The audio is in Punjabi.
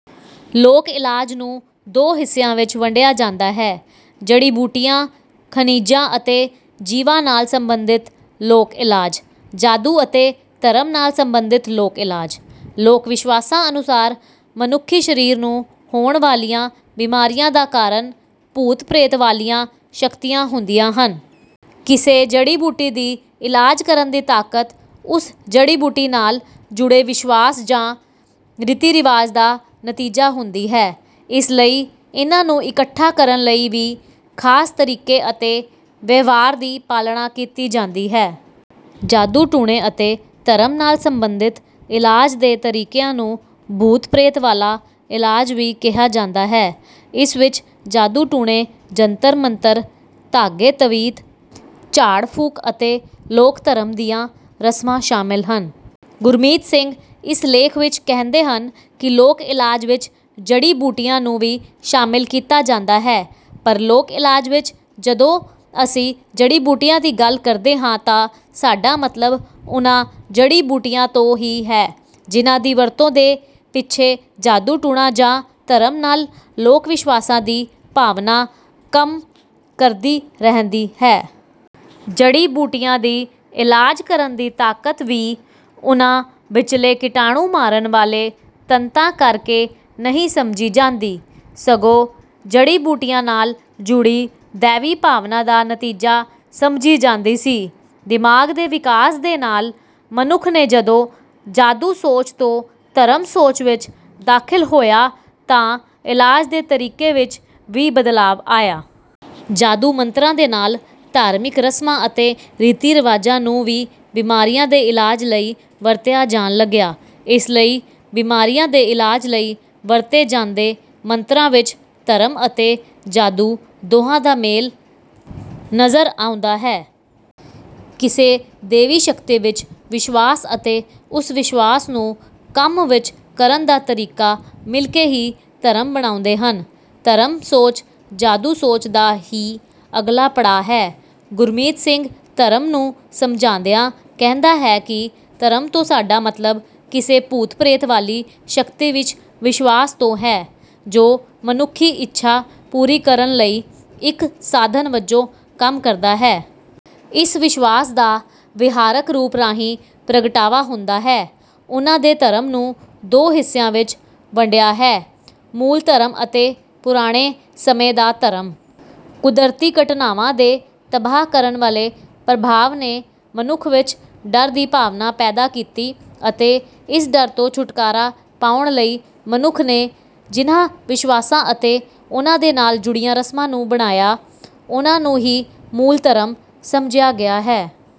ਲੋਕ ਇਲਾਜ ਨੂੰ ਦੋ ਹਿੱਸਿਆਂ ਵਿੱਚ ਵੰਡਿਆ ਜਾਂਦਾ ਹੈ। ਜੜੀ ਬੂਟੀਆਂ ਖਣਿਜਾਂ ਅਤੇ ਜੀਵਾਂ ਨਾਲ ਸਬੰਧਿਤ ਲੋਕ ਇਲਾਜ। ਜਾਦੂ ਅਤੇ ਧਰਮ ਨਾਲ ਸਬੰਧਿਤ ਲੋਕ ਇਲਾਜ। ਲੋਕ ਵਿਸ਼ਵਾਸਾਂ ਅਨੁਸਾਰ ਮਨੁੱਖੀ ਸਰੀਰ ਨੂੰ ਹੋਣ ਵਾਲੀਆਂ ਬਿਮਾਰੀਆਂ ਦਾ ਕਾਰਨ ਭੂਤ ਪ੍ਰੇਤ ਵਾਲੀਆਂ ਸ਼ਕਤੀਆਂ ਹੁੰਦੀਆਂ ਹਨ। ਕਿਸੇ ਜੜੀ ਬੂਟੀ ਦੀ ਇਲਾਜ ਕਰਨ ਦੀ ਤਾਕਤ ਉਸ ਜੜੀ ਬੂਟੀ ਨਾਲ ਜੁੜੇ ਵਿਸ਼ਵਾਸ ਜਾਂ ਰੀਤੀ ਰਿਵਾਜ ਦਾ ਨਤੀਜਾ ਹੁੰਦੀ ਹੈ। ਇਸ ਲਈ ਇਨ੍ਹਾਂ ਨੂੰ ਇਕੱਠਾ ਕਰਨ ਲਈ ਵੀ ਖਾਸ ਤਰੀਕੇ ਅਤੇ ਵਿਵਹਾਰ ਦੀ ਪਾਲਣਾ ਕੀਤੀ ਜਾਂਦੀ ਹੈ। ਜਾਦੂ ਟੂਣੇ ਅਤੇ ਧਰਮ ਨਾਲ ਸਬੰਧਿਤ ਇਲਾਜ ਦੇ ਤਰੀਕਿਆਂ ਨੂੰ ਭੂਤ ਪ੍ਰੇਤ ਵਾਲਾ ਇਲਾਜ ਵੀ ਕਿਹਾ ਜਾਂਦਾ ਹੈ। ਇਸ ਵਿੱਚ ਜਾਦੂ ਟੂਣੇ ਜੰਤਰ ਮੰਤਰ ਧਾਗੇ ਤਵੀਤ ਝਾੜ ਫੂਕ ਅਤੇ ਲੋਕ ਧਰਮ ਦੀਆਂ ਰਸਮਾਂ ਸ਼ਾਮਿਲ ਹਨ। ਗੁਰਮੀਤ ਸਿੰਘ ਇਸ ਲੇਖ ਵਿੱਚ ਕਹਿੰਦੇ ਹਨ ਕਿ ਲੋਕ ਇਲਾਜ ਵਿੱਚ ਜੜੀ ਬੂਟੀਆਂ ਨੂੰ ਵੀ ਸ਼ਾਮਿਲ ਕੀਤਾ ਜਾਂਦਾ ਹੈ। ਪਰ ਲੋਕ ਇਲਾਜ ਵਿੱਚ ਜਦੋਂ ਅਸੀਂ ਜੜੀ ਬੂਟੀਆਂ ਦੀ ਗੱਲ ਕਰਦੇ ਹਾਂ ਤਾਂ ਸਾਡਾ ਮਤਲਬ ਉਨ੍ਹਾਂ ਜੜੀ ਬੂਟੀਆਂ ਤੋਂ ਹੀ ਹੈ ਜਿਨ੍ਹਾਂ ਦੀ ਵਰਤੋਂ ਦੇ ਪਿੱਛੇ ਜਾਦੂ ਟੂਣਾ ਜਾਂ ਧਰਮ ਨਾਲ ਲੋਕ ਵਿਸ਼ਵਾਸਾਂ ਦੀ ਭਾਵਨਾ ਕੰਮ ਕਰਦੀ ਰਹਿੰਦੀ ਹੈ। ਜੜੀ ਬੂਟੀਆਂ ਦੀ ਇਲਾਜ ਕਰਨ ਦੀ ਤਾਕਤ ਵੀ ਉਨ੍ਹਾਂ ਵਿੱਚਲੇ ਕੀਟਾਣੂ ਮਾਰਨ ਵਾਲੇ ਤੱਤਾਂ ਕਰਕੇ ਨਹੀਂ ਸਮਝੀ ਜਾਂਦੀ ਸਗੋਂ ਜੜੀ ਬੂਟੀਆਂ ਨਾਲ ਜੁੜੀ ਦੇਵੀ ਭਾਵਨਾ ਦਾ ਨਤੀਜਾ ਸਮਝੀ ਜਾਂਦੀ ਸੀ। ਦਿਮਾਗ ਦੇ ਵਿਕਾਸ ਦੇ ਨਾਲ ਮਨੁੱਖ ਨੇ ਜਦੋਂ ਜਾਦੂ ਸੋਚ ਤੋਂ ਧਰਮ ਸੋਚ ਵਿੱਚ ਦਾਖਲ ਹੋਇਆ ਤਾਂ ਇਲਾਜ ਦੇ ਤਰੀਕੇ ਵਿੱਚ ਵੀ ਬਦਲਾਅ ਆਇਆ। ਜਾਦੂ ਮੰਤਰਾਂ ਦੇ ਨਾਲ ਧਾਰਮਿਕ ਰਸਮਾਂ ਅਤੇ ਰੀਤੀ ਰਿਵਾਜਾਂ ਨੂੰ ਵੀ ਬਿਮਾਰੀਆਂ ਦੇ ਇਲਾਜ ਲਈ ਵਰਤਿਆ ਜਾਣ ਲੱਗਿਆ। ਇਸ ਲਈ ਬਿਮਾਰੀਆਂ ਦੇ ਇਲਾਜ ਲਈ ਵਰਤੇ ਜਾਂਦੇ ਮੰਤਰਾਂ ਵਿੱਚ ਧਰਮ ਅਤੇ ਜਾਦੂ ਦੋਹਾਂ ਦਾ ਮੇਲ ਨਜ਼ਰ ਆਉਂਦਾ ਹੈ। ਕਿਸੇ ਦੇਵੀ ਸ਼ਕਤੀ ਵਿੱਚ ਵਿਸ਼ਵਾਸ ਅਤੇ ਉਸ ਵਿਸ਼ਵਾਸ ਨੂੰ ਕੰਮ ਵਿੱਚ ਕਰਨ ਦਾ ਤਰੀਕਾ ਮਿਲਕੇ ਹੀ ਧਰਮ ਬਣਾਉਂਦੇ ਹਨ। ਧਰਮ ਸੋਚ ਜਾਦੂ ਸੋਚ ਦਾ ਹੀ ਅਗਲਾ ਪੜਾਅ ਹੈ। ਗੁਰਮੀਤ ਸਿੰਘ ਧਰਮ ਨੂੰ ਸਮਝਾਉਂਦਿਆਂ ਕਹਿੰਦਾ ਹੈ ਕਿ ਧਰਮ ਤੋਂ ਸਾਡਾ ਮਤਲਬ ਕਿਸੇ ਭੂਤ ਪ੍ਰੇਤ ਵਾਲੀ ਸ਼ਕਤੀ ਵਿੱਚ ਵਿਸ਼ਵਾਸ ਤੋਂ ਹੈ ਜੋ ਮਨੁੱਖੀ ਇੱਛਾ ਪੂਰੀ ਕਰਨ ਲਈ ਇੱਕ ਸਾਧਨ ਵਜੋਂ ਕੰਮ ਕਰਦਾ ਹੈ। ਇਸ ਵਿਸ਼ਵਾਸ ਦਾ ਵਿਹਾਰਕ ਰੂਪ ਰਾਹੀਂ ਪ੍ਰਗਟਾਵਾ ਹੁੰਦਾ ਹੈ। ਉਨ੍ਹਾਂ ਨੇ ਧਰਮ ਨੂੰ ਦੋ ਹਿੱਸਿਆਂ ਵਿੱਚ ਵੰਡਿਆ ਹੈ ਮੂਲ ਧਰਮ ਅਤੇ ਪੁਰਾਣੇ ਸਮੇਂ ਦਾ ਧਰਮ। ਕੁਦਰਤੀ ਘਟਨਾਵਾਂ ਦੇ ਤਬਾਹ ਕਰਨ ਵਾਲੇ ਪ੍ਰਭਾਵ ਨੇ ਮਨੁੱਖ ਵਿੱਚ ਡਰ ਦੀ ਭਾਵਨਾ ਪੈਦਾ ਕੀਤੀ ਅਤੇ ਇਸ ਡਰ ਤੋਂ ਛੁਟਕਾਰਾ ਪਾਉਣ ਲਈ ਮਨੁੱਖ ਨੇ ਜਿਨ੍ਹਾਂ ਵਿਸ਼ਵਾਸਾਂ ਅਤੇ ਉਨ੍ਹਾਂ ਦੇ ਨਾਲ ਜੁੜੀਆਂ ਰਸਮਾਂ ਨੂੰ ਬਣਾਇਆ ਉਨ੍ਹਾਂ ਨੂੰ ਹੀ ਮੂਲ ਧਰਮ ਸਮਝਿਆ ਗਿਆ ਹੈ।